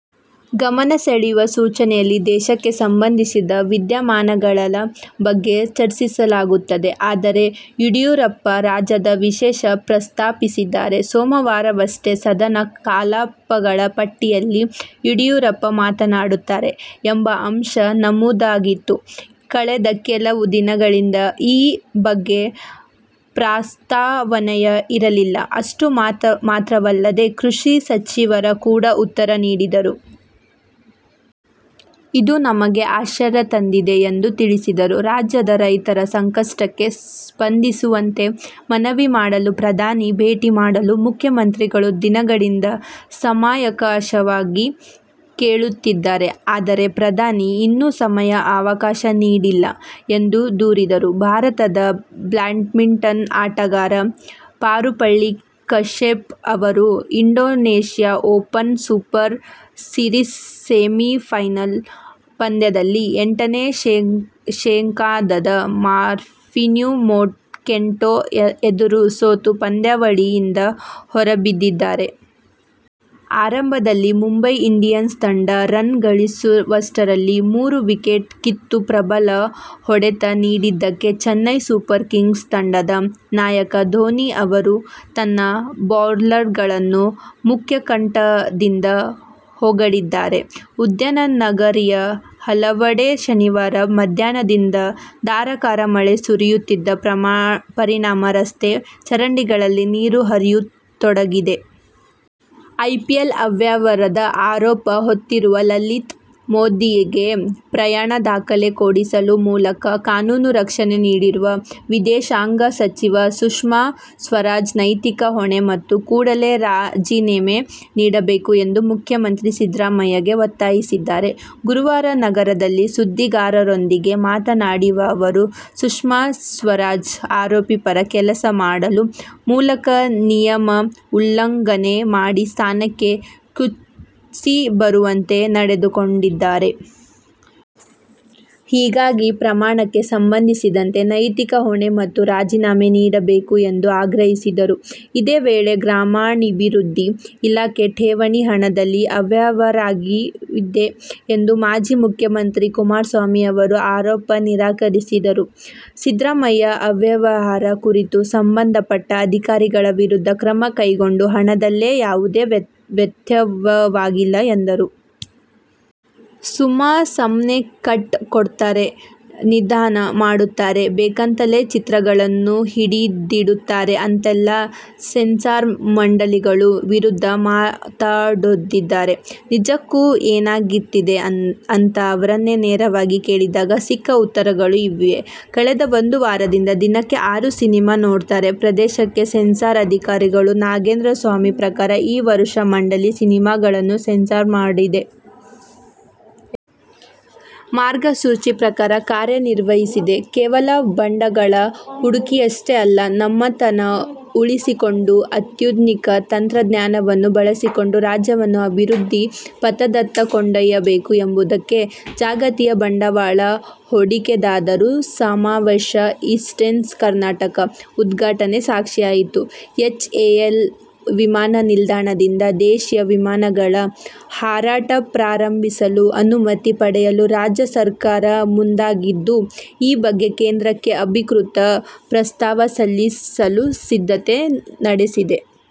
ಗಮನ ಸೆಳೆಯುವ ಸೂಚನೆಯಲ್ಲಿ ದೇಶಕ್ಕೆ ಸಂಬಂಧಿಸಿದ ವಿದ್ಯಮಾನಗಳ ಬಗ್ಗೆ ಚರ್ಚಿಸಲಾಗುತ್ತದೆ. ಆದರೆ ಯಡಿಯೂರಪ್ಪ ರಾಜ್ಯದ ವಿಷಯ ಪ್ರಸ್ತಾಪಿಸಿದ್ದಾರೆ. ಸೋಮವಾರವಷ್ಟೆ ಸದನ ಕಲಾಪಗಳ ಪಟ್ಟಿಯಲ್ಲಿ ಯಡಿಯೂರಪ್ಪ ಮಾತನಾಡುತ್ತಾರೆ ಎಂಬ ಅಂಶ ನಮೂದಾಗಿತ್ತು. ಕಳೆದ ಕೆಲವು ದಿನಗಳಿಂದ ಈ ಬಗ್ಗೆ ಪ್ರಸ್ತಾವನೆಯೇ ಇರಲಿಲ್ಲ. ಅಷ್ಟು ಮಾತ್ರವಲ್ಲದೆ ಕೃಷಿ ಸಚಿವರು ಕೂಡ ಉತ್ತರ ನೀಡಿದರು. ಇದು ನಮಗೆ ಅಶ್ಚರ್ಯ ತಂದಿದೆ ಎಂದು ತಿಳಿಸಿದರು. ರಾಜ್ಯದ ರೈತರ ಸಂಕಷ್ಟಕ್ಕೆ ಸ್ಪಂದಿಸುವಂತೆ ಮನವಿ ಮಾಡಲು ಪ್ರಧಾನಿ ಭೇಟಿ ಮಾಡಲು ಮುಖ್ಯಮಂತ್ರಿಗಳು ದಿನಗಳಿಂದ ಸಮಯವಕಾಶ ಕೇಳುತ್ತಿದ್ದಾರೆ. ಆದರೆ ಪ್ರಧಾನಿ ಇನ್ನೂ ಸಮಯ ಆವಕಾಶ ನೀಡಿಲ್ಲ ಎಂದು ದೂರಿದರು. ಭಾರತದ ಬ್ಯಾಡ್ಮಿಂಟನ್ ಆಟಗಾರ ಪಾರುಪಳ್ಳಿ ಕಶ್ಯಪ್ ಅವರು Indonesia open super series semifinal ಪಂದ್ಯದಲ್ಲಿ ಎಂಟನೆ ಶ್ರೇಯಾಂಕದ ಮೊಗ್ಪಿನ್ಯುಮೋಟ ಕೆಂಟೊ ಎದುರು ಸೋತು ಪಂದ್ಯಾವಳಿಯಿಂದ ಹೊರಬಿದ್ದಿದ್ದಾರೆ. ಆರಂಭದಲ್ಲಿ ಮುಂಬೈ ಇಂಡಿಯನ್ಸ್ ತಂಡ ರನ್ ಗಳಿಸುವಷ್ಟರಲ್ಲಿ ಮೂರು ವಿಕೆಟ್ ಕಿತ್ತು ಪ್ರಬಲ ಹೊಡೆತ ನೀಡಿದ್ದಕ್ಕೆ ಚೆನ್ನೈ ಸೂಪರ್ ಕಿಂಗ್ಸ್ ತಂಡದ ನಾಯಕ ಧೋನಿ ಅವರು ತನ್ನ ಬೌಲರ್ಗಳನ್ನು ಮುಕ್ತಕಂಠದಿಂದ ಹೊಗಳಿದ್ದಾರೆ. ಉದ್ಯಾನನಗರಿಯ ಹಲವೆಡೆ ಶನಿವಾರ ಮಧ್ಯಾಹ್ನದಿಂದ ಧಾರಾಕಾರ ಮಳೆ ಸುರಿಯುತ್ತಿದ್ದ ಪರಿಣಾಮ ರಸ್ತೆ, ಚರಂಡಿಗಳಲ್ಲಿ ನೀರು ಹರಿಯತೊಡಗಿದೆ. ಐಪಿಎಲ್ ಅವ್ಯವಹಾರದ ಆರೋಪ ಹೊತ್ತಿರುವ ಲಲಿತ್ ಮೋದಿಗೆ ಪ್ರಯಾಣ ದಾಖಲೆ ಕೊಡಿಸುವ ಮೂಲಕ ಕಾನೂನು ರಕ್ಷಣೆ ನೀಡಿರುವ ವಿದೇಶಾಂಗ ಸಚಿವೆ ಸುಷ್ಮಾ ಸ್ವರಾಜ್ ನೈತಿಕ ಹೊಣೆ ಹೊತ್ತು ಕೂಡಲೇ ರಾಜೀನಾಮೆ ನೀಡಬೇಕು ಎಂದು ಮುಖ್ಯಮಂತ್ರಿ ಸಿದ್ದರಾಮಯ್ಯ ಒತ್ತಾಯಿಸಿದ್ದಾರೆ. ಗುರುವಾರ ನಗರದಲ್ಲಿ ಸುದ್ದಿಗಾರರೊಂದಿಗೆ ಮಾತನಾಡಿದ ಅವರು, ಸುಷ್ಮಾ ಸ್ವರಾಜ್ ಆರೋಪಿ ಪರ ಕೆಲಸ ಮಾಡುವ ಮೂಲಕ ನಿಯಮ ಉಲ್ಲಂಘನೆ ಮಾಡಿ ಸ್ಥಾನಕ್ಕೆ ಚ್ಯುತಿ ಬರುವಂತೆ ನಡೆದುಕೊಂಡಿದ್ದಾರೆ. ಹೀಗಾಗಿ, ಪ್ರಕರಣಕ್ಕೆ ಸಂಬಂಧಿಸಿದಂತೆ ನೈತಿಕ ಹೊಣೆ ಹೊತ್ತು ರಾಜೀನಾಮೆ ನೀಡಬೇಕು ಎಂದು ಆಗ್ರಹಿಸಿದರು. ಇದೇ ವೇಳೆ ಗ್ರಾಮೀಣಾಭಿವೃದ್ಧಿ ಇಲಾಖೆ ಠೇವಣಿ ಹಣದಲ್ಲಿ ಅವ್ಯವಹಾರವಾಗಿದೆ ಎಂಬ ಮಾಜಿ ಮುಖ್ಯಮಂತ್ರಿ ಕುಮಾರಸ್ವಾಮಿ ಅವರ ಆರೋಪ ನಿರಾಕರಿಸಿರುವ ಸಿದ್ದರಾಮಯ್ಯ, ಅವ್ಯವಹಾರ ಕುರಿತು ಸಂಬಂಧಪಟ್ಟ ಅಧಿಕಾರಿಗಳ ವಿರುದ್ಧ ಕ್ರಮ ಕೈಗೊಂಡಿದ್ದು ಹಣದಲ್ಲಿ ಯಾವುದೇ ವ್ಯತ್ಯಯವಾಗಿಲ್ಲ ಎಂದರು. ಸುಮು ಸುಮ್ನೆ ಕಟ್ ಕೊಡ್ತಾರೆ. ನಿಧಾನ ಮಾಡ್ತಾರೆ. ಬೇಕಂತಲೇ ಚಿತ್ರಗಳನ್ನು ಹಿಡಿದಿಡುತ್ತಾರೆ ಅಂತೆಲ್ಲ ಸೆನ್ಸಾರ್ ಮಂಡಳಿಯ ವಿರುದ್ದ ಮಾತಾಡೋರಿದ್ದಾರೆ. ನಿಜಕ್ಕೂ ಏನಾಗ್ತಿದೆ ಅಂತ ಅವರನ್ನೇ ನೇರವಾಗಿ ಕೇಳಿದಾಗ ಸಿಕ್ಕ ಉತ್ತರಗಳು ಇಲ್ಲಿವೆ. ಕಳೆದ ಒಂದು ವಾರದಿಂದ ದಿನಕ್ಕೆ ಆರು ಸಿನಿಮಾ ನೋಡ್ತಿರೋ ಪ್ರಾದೇಶಿಕ ಸೆನ್ಸಾರ್ ಅಧಿಕಾರಿ ನಾಗೇಂದ್ರಸ್ವಾಮಿ ಪ್ರಕಾರ ಈ ವರುಷ ಮಂಡಳಿ ಸಿನಿಮಾಗಳನ್ನು ಸೆನ್ಸಾರ್ ಮಾಡಿದೆ. ಮಾರ್ಗಸೂಚಿ ಪ್ರಕಾರ ಕಾರ್ಯ ನಿರ್ವಹಿಸಿದೆ. ಕೇವಲ ಬಂಡವಾಳ ಹೂಡಿಕೆಯಷ್ಟೇ ಅಲ್ಲ, ನಮ್ಮತನ ಉಳಿಸಿಕೊಂಡು ಅತ್ಯಾಧುನಿಕ ತಂತ್ರಜ್ಞಾನವನ್ನೂ ಬಳಸಿಕೊಂಡು ರಾಜ್ಯವನ್ನು ಅಭಿವೃದ್ಧಿ ಪಥದತ್ತ ಕೊಂಡೊಯ್ಯಬೇಕು ಎಂಬುದಕ್ಕೆ ಜಾಗತಿಕ ಬಂಡವಾಳ ಹೂಡಿಕೆದಾರರ ಸಮಾವೇಶ "ಇನ್ವೆಸ್ಟ್ ಕರ್ನಾಟಕ- ' ಉದ್ಘಾಟನೆ ಸಾಕ್ಷಿಯಾಯಿತು. ಎಚ್ಎಎಲ್ ವಿಮಾನ ನಿಲ್ದಾಣ ದಿಂದ ದೇಶೀಯ ವಿಮಾನಗಳ ಹಾರಾಟ ಪ್ರಾರಂಭಿಸಲು ಅನುಮತಿ ಪಡೆಯಲು ರಾಜ್ಯ ಸರಕಾರ ಮುಂದಾಗಿದ್ದು, ಈ ಬಗ್ಗೆ ಕೇಂದ್ರಕ್ಕೆ ಅಧಿಕೃತ ಪ್ರಸ್ತಾವ ಸಲ್ಲಿಸಲು ಸಿದ್ಧತೆ ನಡೆಸಿದೆ.